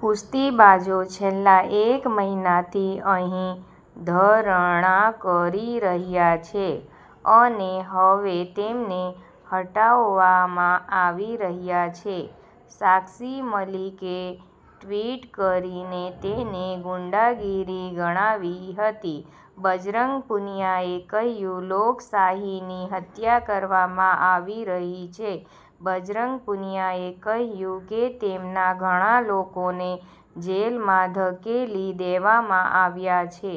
કુસ્તીબાજો છેલ્લા એક મહિનાથી અહીં ધરણા કરી રહ્યા છે અને હવે તેમને હટાવવામાં આવી રહ્યા છે. સાક્ષી મલિકે ટ્વિટ કરીને તેને ગુંડાગીરી ગણાવી હતી. બજરંગ પુનિયાએ કહ્યું, લોકશાહીની હત્યા કરવામાં આવી રહી છે બજરંગ પુનિયાએ કહ્યું કે તેમના ઘણા લોકોને જેલમાં ધકેલી દેવામાં આવ્યા છે.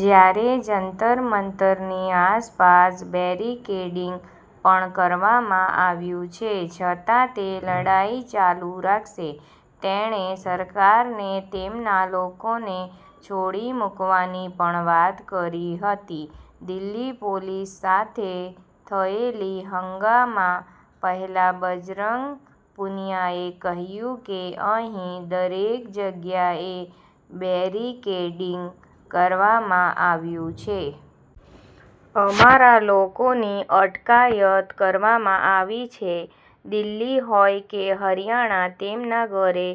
જ્યારે જંતર મંતરની આસપાસ બેરિકેડિંગ પણ કરવામાં આવ્યું છે છતા તે લડાઇ ચાલું રાખશે. તેણે સરકારને તેમના લોકોને છોડી મુકવાની પણ વાત કરી હતી. દિલ્હી પોલીસ સાથે થયેલી હંગામા પહેલા બજરંગ પુનિયાએ કહ્યું કે અહીં દરેક જગ્યાએ બેરિકેડિંગ કરવામાં આવ્યું છે. અમારા, લોકોની અટકાયત કરવામાં આવી છે. દિલ્હી હોય કે હરિયાણા તેમના ઘરે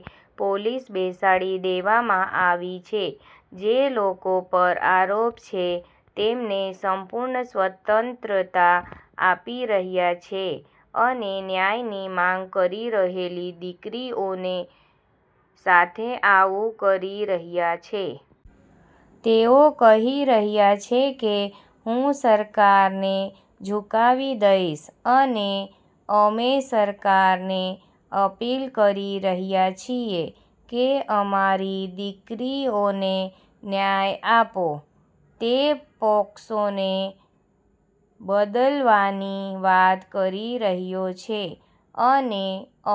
પોલીસ બેસાડી દેવામાં આવી છે. જે લોકો પર આરોપ છે તેમને સંપૂર્ણ સ્વતંત્રતા આપી રહ્યા છે અને ન્યાયની માંગ કરી રહેલી દીકરીઓને સાથે આવું કરી રહ્યા છે. તેઓ કહી રહ્યા છે કે હું સરકારને ઝુકાવી દઇશ અને અમે સરકારને અપીલ કરી રહ્યા છીએ કે અમારી દીકરીઓને ન્યાય આપો. તે પોક્સોને બદલવાની વાત કરી રહ્યો છે અને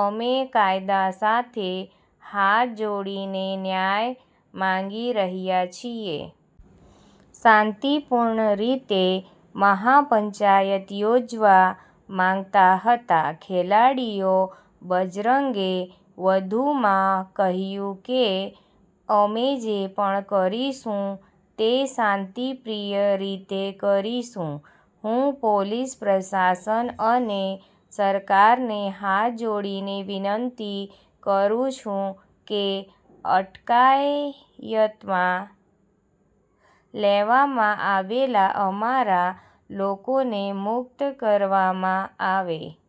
અમે કાયદા સાથે હાથ જોડીને ન્યાય માંગી રહ્યા છીએ. શાંતિપૂર્ણ રીતે મહાપંચાયત યોજવા માંગતા હતા ખેલાડીઓ બજરંગે વધુમાં કહ્યું કે અમે જે પણ કરીશું તે શાંતિપ્રિય રીતે કરીશું. હું પોલીસ પ્રશાસન અને સરકારને હાથ જોડીને વિનંતી કરું છું કે અટકાયતમાં લેવામાં આવેલા અમારા લોકોને મુક્ત કરવામાં આવે.